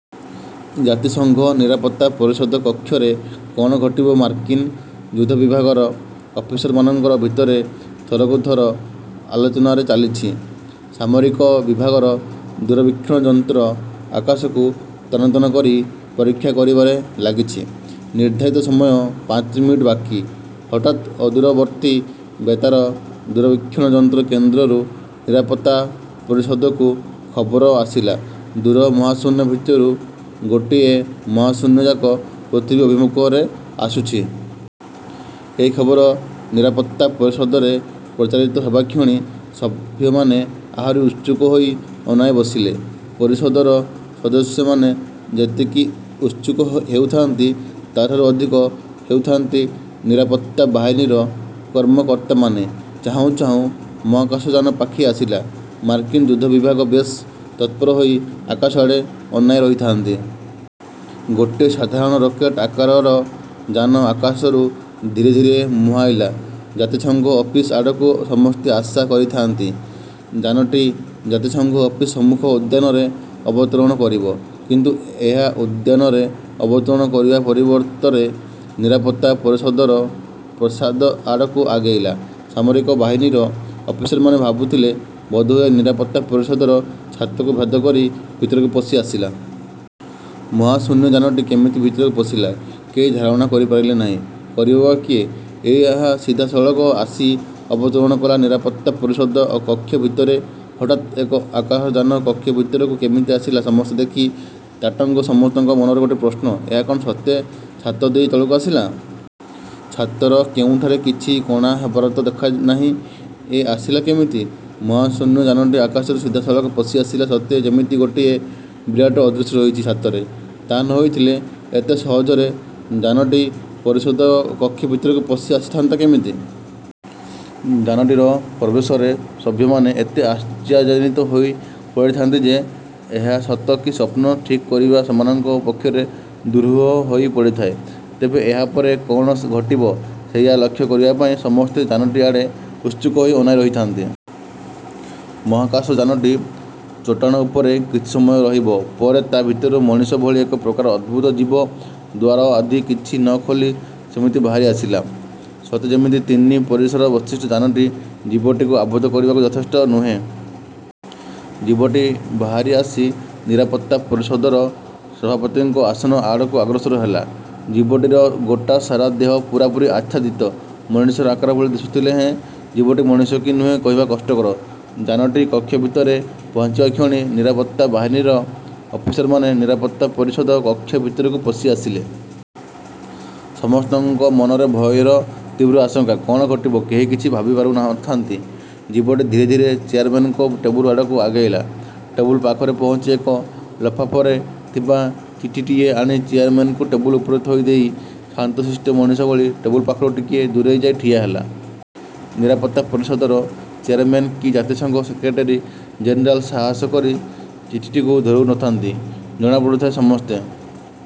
ଜାତିସଙ୍ଘ ନିରାପତ୍ତା ପରିଷଦ କକ୍ଷରେ କଣ ଘଟିବ ମାର୍କିନ୍ ଯୁଦ୍ଧବିଭାଗର ଅଫିସରମାନଙ୍କ ଭିତରେ ଥରକୁ ଥର ଆଲୋଚନାରେ ଚାଲିଛି। ସାମରିକ ବିଭାଗର ଦୂରବୀକ୍ଷଣ ଯନ୍ତ୍ର ଆକାଶକୁ ତନ୍ନ ତନ୍ନ କରି ପରୀକ୍ଷା କରିବାରେ ଲାଗିଛି। ନିର୍ଦ୍ଧାରିତ ସମୟ ପାଞ୍ଚ ମିନିଟ୍ ବାକି। ହଠାତ୍ ଅଦୂରବର୍ତ୍ତୀ ବେତାର ଦୂରବୀକ୍ଷଣ ଯନ୍ତ୍ର କେନ୍ଦ୍ରରୁ ନିରାପତ୍ତା ପରିଷଦକୁ ଖବର ଆସିଲା, ଦୂର ମହାଶୂନ୍ୟ ଭିତରୁ ଗୋଟିଏ ମହାଶୂନ୍ୟଯାନ ପୃଥିବୀ ଅଭିମୁଖରେ ଆସୁଛି। ଏହି ଖବର ନିରାପତ୍ତା ପରିଷଦରେ ପ୍ରଚାରିତ ହେବାକ୍ଷଣି ସଭ୍ୟମାନେ ଆହୁରି ଉତ୍ସୁକ ହୋଇ ଅନାଇ ବସିଲେ। ପରିଷଦର ସଦସ୍ୟମାନେ ଯେତିକି ଉତ୍ସୁକ ହେଉଥାନ୍ତି, ତାଠାରୁ ଅଧିକ ହେଉଥାନ୍ତି ନିରାପତ୍ତା ବାହିନୀର କର୍ମକର୍ତ୍ତାମାନେ ଚାହୁଁ ଚାହୁଁ ମହାକାଶଯାନ ପାଖେଇ ଆସିଲା। ମାର୍କିନ୍ ଯୁଦ୍ଧବିଭାଗ ବେଶ୍ ତତ୍ପର ହୋଇ ଆକାଶ ଆଡ଼େ ଅନାଇ ରହିଥାନ୍ତି। ଗୋଟିଏ ସାଧାରଣ ରକେଟ୍ ଆକାରର ଯାନ ଆକାଶରୁ ଧୀରେ ଧୀରେ ମୁହାଁଇଲା ଜାତିସଂଘ ଅଫିସ୍ ଆଡ଼କୁ ସମସ୍ତେ ଆଶା କରିଥାଆନ୍ତି ଯାନଟି ଜାତିସଂଘ ଅଫିସ୍ ସମ୍ମୁଖ ଉଦ୍ୟାନରେ ଅବତରଣ କରିବ। କିନ୍ତୁ ଏହା ଉଦ୍ୟାନରେ ଅବତରଣ କରିବା ପରିବର୍ତ୍ତରେ ନିରାପତ୍ତା ପରିଷଦର ପ୍ରାସାଦ ଆଡ଼କୁ ଆଗେଇଲା ସାମରିକ ବାହିନୀର ଅଫିସରମାନେ ଭାବୁଥିଲେ ବୋଧହୁଏ ନିରାପତ୍ତା ପରିଷଦର ଛାତକୁ ଭେଦ କରି ଭିତରକୁ ପଶି ଆସିଲା। ମହାଶୂନ୍ୟ ଯାନଟି କେମିତି ଭିତରକୁ ପଶିଲା, କେହି ଧାରଣା କରିପାରିଲେ ନାହିଁ। କରିବ ବା କିଏ? ଏହା ସିଧା ସଳଖ ଆସି ଅବତରଣ କଲା ନିରାପତ୍ତା ପରିଷଦ କକ୍ଷ ଭିତରେ ହଠାତ ଏକ ଆକାଶଯାନ କକ୍ଷ ଭିତରକୁ କେମିତି ଆସିଲା ସମସ୍ତେ ଦେଖି ତାଟଙ୍ଗ ସମସ୍ତଙ୍କ ମନରେ ଗୋଟିଏ ପ୍ରଶ୍ନ, ଏହା କଣ ସତେ ଛାତ ଦେଇ ତଳକୁ ଆସିଲା? ଛାତର କେଉଁଠାରେ କିଛି କଣା ହେବାର ତ ଦେଖାନାହିଁ। ଏ ଆସିଲା କେମିତି? ମହାଶୂନ୍ୟ ଯାନଟି ଆକାଶରୁ ସିଧାସଳଖ ପଶିଆସିଲା ସତେ ଯେମିତି ଗୋଟିଏ ବିରାଟ ଅଦୃଶ୍ୟ ରହିଛି ଛାତରେ। ତା ନ ହୋଇଥିଲେ ଏତେ ସହଜରେ ଯାନଟି ପରିଷଦ କକ୍ଷ ଭିତରକୁ ପଶି ଅସିଥାନ୍ତା କେମିତି? ଯାନଟିର ପ୍ରବେଶରେ ସଭ୍ୟମାନେ ଏତେ ଆଶ୍ଚର୍ଯ୍ୟାନିତ ହୋଇ ପଡ଼ିଥାନ୍ତି ଯେ ଏହା ସତ କି ସ୍ୱପ୍ନ ଠିକ୍ କରିବା ସେମାନଙ୍କ ପକ୍ଷରେ ଦୁରୂହ ହୋଇ ପଡ଼ିଥାଏ। ତେବେ ଏହା ପରେ କଣ ଘଟିବ, ସେଇଆ ଲକ୍ଷ୍ୟ କରିବା ପାଇଁ। ସମସ୍ତେ ଯାନଟି ଆଡ଼େ ଉତ୍ସୁକ ହୋଇ ଅନାଇ ରହିଥାନ୍ତି। ମହାକାଶ ଯାନଟି ଚଟାଣ ଉପରେ କିଛି ସମୟ ରହିବ ପରେ ତା ଭିତରୁ ମଣିଷ ଭଳି ଏକ ପ୍ରକାର ଅଦ୍ଭୁତ ଜୀବ ଦୁଆର ଆଦି କିଛି ନ ଖୋଲି ସେମିତି ବାହାରି ଆସିଲା। ସତେ ଯେମିତି ତିନି ପରିସର ବିଶିଷ୍ଟ ଯାନଟି ଜୀବଟିକୁ ଆବଦ୍ଧ କରିବାକୁ ଯଥେଷ୍ଟ ନୁହେଁ। ଜୀବଟି ବାହାରି ଆସି ନିରାପତ୍ତା ପରିଷଦର ସଭାପତିଙ୍କ ଆସନ ଆଡ଼କୁ ଅଗ୍ରସର ହେଲା। ଜୀବଟିର ଗୋଟା ସାରା ଦେହ ପୂରାପୂରି ଆଚ୍ଛାଦିତ। ମଣିଷର ଆକାର ଭଳି ଦିଶୁଥିଲେ ହେଁ ଜୀବଟି ମଣିଷ କି ନୁହେଁ କହିବା କଷ୍ଟକର। ଯାନଟି କକ୍ଷ ଭିତରେ ପହଞ୍ଚିବା କ୍ଷଣି ନିରାପତ୍ତା ବାହିନୀର ଅଫିସରମାନେ ନିରାପତ୍ତା ପରିଷଦ କକ୍ଷ ଭିତରକୁ ପଶି ଆଶିଲେ। ସମସ୍ତଙ୍କ ମନରେ ଭୟର ତୀବ୍ର ଆଶଙ୍କା। କଣ ଘଟିବ, କେହି କିଛି ଭାବିପାରୁ ନ ଥାନ୍ତି। ଜୀବଟି ଧୀରେ ଧୀରେ ଚେୟାରମେନଙ୍କ ଟେବୁଲ ଆଡ଼କୁ ଆଗେଇଲା ଟେବୁଲ ପାଖରେ ପହଞ୍ଚି ଏକ ଲଫାଫରେ ଥିବା ଚିଠିଟିଏ ଆଣି ଚେୟାରମ୍ୟାନଙ୍କ ଟେବୁଲ ଉପରେ ଥୋଇଦେଇ ଶାନ୍ତଶିଷ୍ଟ ମଣିଷ ଭଳି ଟେବୁଲ ପାଖରୁ ଟିକିଏ ଦୂରେଇ ଯାଇ ଠିଆହେଲା। ନିରାପତ୍ତା ପରିଷଦର ଚେୟାରମ୍ୟାନ କି ଜାତିସଂଘ ସେକ୍ରେଟେରୀ ଜେନେରାଲ ସାହସ କରି ଚିଠିଟିକୁ ଧରୁ ନ ଥାନ୍ତି। ଜଣା ପଡ଼ୁଥାଏ ସମସ୍ତେ।